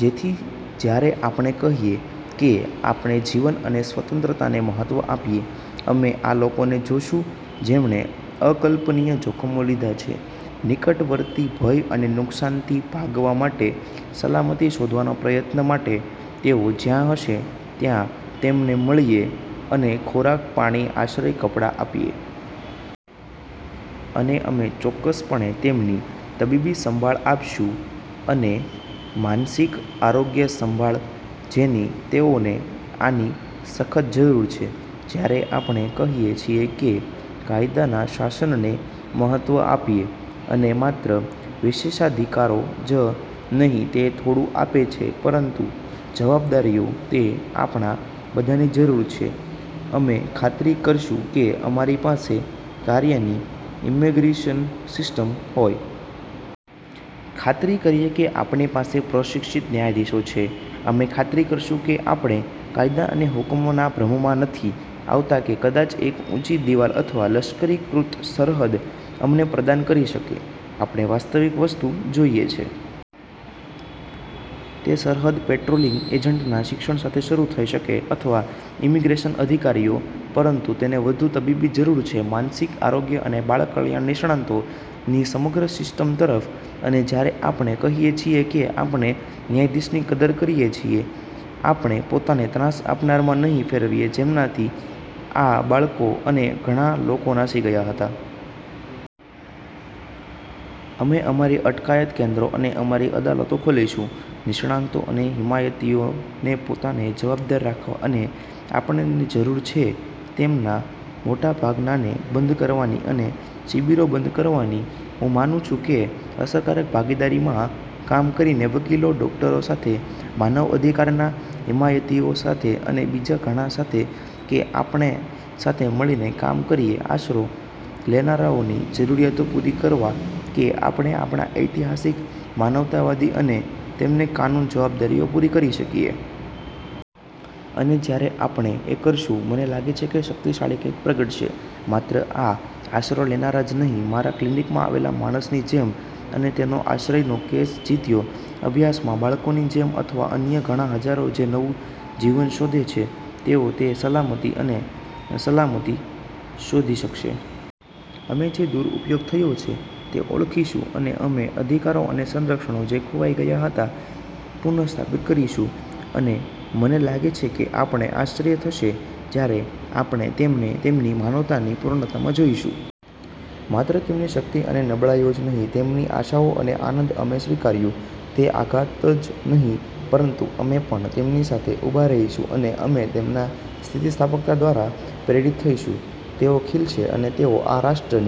જેથી જ્યારે આપણે કહીએ કે આપણે જીવન અને સ્વતંત્રતાને મહત્ત્વ આપીએ, અમે આ લોકોને જોશું જેમણે અકલ્પનીય જોખમો લીધા છે નિકટવર્તી ભય અને નુકસાન થી ભાગવા માટે સલામતી શોધવાનો પ્રયત્ન માટે. તેઓ જ્યાં હશે ત્યાં તેમને મળીએ અને ખોરાક, પાણી, આશ્રય, કપડાં આપીએ. અને અમે ચોક્કસપણે તેમની તબીબી સંભાળ આપીશું અને માનસિક આરોગ્ય સંભાળ જેની તેઓને આની સખત જરૂર છે. જ્યારે આપણે કહીએ છીએ કે કાયદાના શાસનને મહત્વ આપીએ, અને માત્ર વિશેષાધિકારો જ નહીં તે થોડું આપે છે પરંતુ જવાબદારીઓ તે આપણા બધાની જરૂર છે, અમે ખાતરી કરીશું કે અમારી પાસે કાર્યકારી ઇમિગ્રેશન સિસ્ટમ હોય. ખાતરી કરીએ આપડી પાસે પ્રશિક્ષિત ન્યાયાધીશો છે અમે ખાતરી કરીશું કે આપડે કાયદા અને હુકમ ના ભ્રમ માં નથી આવતા કે કદાચ એક ઊંચી દિવાલ અથવા લશ્કરીકૃત સરહદ અમને પ્રદાન કરી શકે. આપણને વાસ્તવિક વસ્તુ જોઈએ છે. તે સરહદ પેટ્રોલીંગ એજન્ટ ના શિક્ષણ સાથે શરૂ થઈ શકે અથવા ઇમિગ્રેશન અધિકારીઓ, પરંતુ તેને વધુ તબીબી જરૂર છે, માનસિક આરોગ્ય અને બાળ કલ્યાણ નિષ્ણાતો ની સમગ્ર સિસ્ટમ તરફ. અને જ્યારે આપણે કહીએ છીએ કે આપણે ન્યાયની કદર કરીએ છીએ, આપડે પોતાને ત્રાસ આપનાર માં નહીં ફેરવીએ જેમનાથી આ બાળકો અને અન્ય ઘણા લોકો નાસી ગયા હતા. અમે અમારી અટકાયત કેન્દ્રો અને અમારી અદાલતો ખોલીશુ નિષ્ણાતો અને હિમાયતીઓને પોતાને જવાબદાર રાખવા. અને આપણને જરૂર છે તેમાંના મોટાભાગનાને બંધ કરવા ની અને આ શિબિરો બંધ કરવાની. હું માનું છું કે અસરકારક ભાગીદારીમાં કામ કરીને વકીલો, ડોકટરો સાથે, માનવ અધિકારના હિમાયતીઓ સાથે અને બીજા ઘણા સાથે, કે આપણે સાથે મળીને કામ કરીએ આશરો લેનારાઓની જરૂરિયાતો પૂરી કરવા કે આપડે આપડા ઐતિહાસિક, માનવતાવાદી અને તેમને કાનૂની જવાબદારીઓ પૂરી શકીએ. અને જ્યારે આપડે એ કરીશું, મને લાગે છે કે શક્તિશાળી કંઈક પ્રગટશે. માત્ર આ આશરો લેનારા જ નહીં મારા ક્લિનિકમાં આવેલા માણસની જેમ અને તેનો આશ્રયનો કેસ જીત્યો, અભ્યાસમાં બાળકોની જેમ અથવા અન્ય ઘણા હજારો જે નવું જીવન શોધે છે, તેઓ તે સલામતી અને સલામતી શોધી શકશે. અમે જે દુરુપયોગ થયો છે એ ઓળખીશું, અને અમે અધિકાર અને સંરક્ષણો જે ખોવાઈ ગયા હતા પુન:સ્થાપિત કરીશું. અને મને લાગે છે કે આપણને આશ્ચર્ય થશે જ્યારે આપણે તેમને તેમની માનવતાની પૂર્ણતામાં જોઈશું. માત્ર તેમની શક્તિ અને નબળાઇઓ જ નહીં, તેમની આશાઓ અને આનંદ, અમે સ્વીકાર્યું તે આઘાત જ નહીં, પરંતુ અમે પણ તેમની સાથે ઉભા રહીશું અને અમે તેમના સ્થિતિસ્થાપકતા દ્વારા પ્રેરિત થઈશું. તેઓ ખિલશે, અને તેઓ આ રાષ્ટ્રની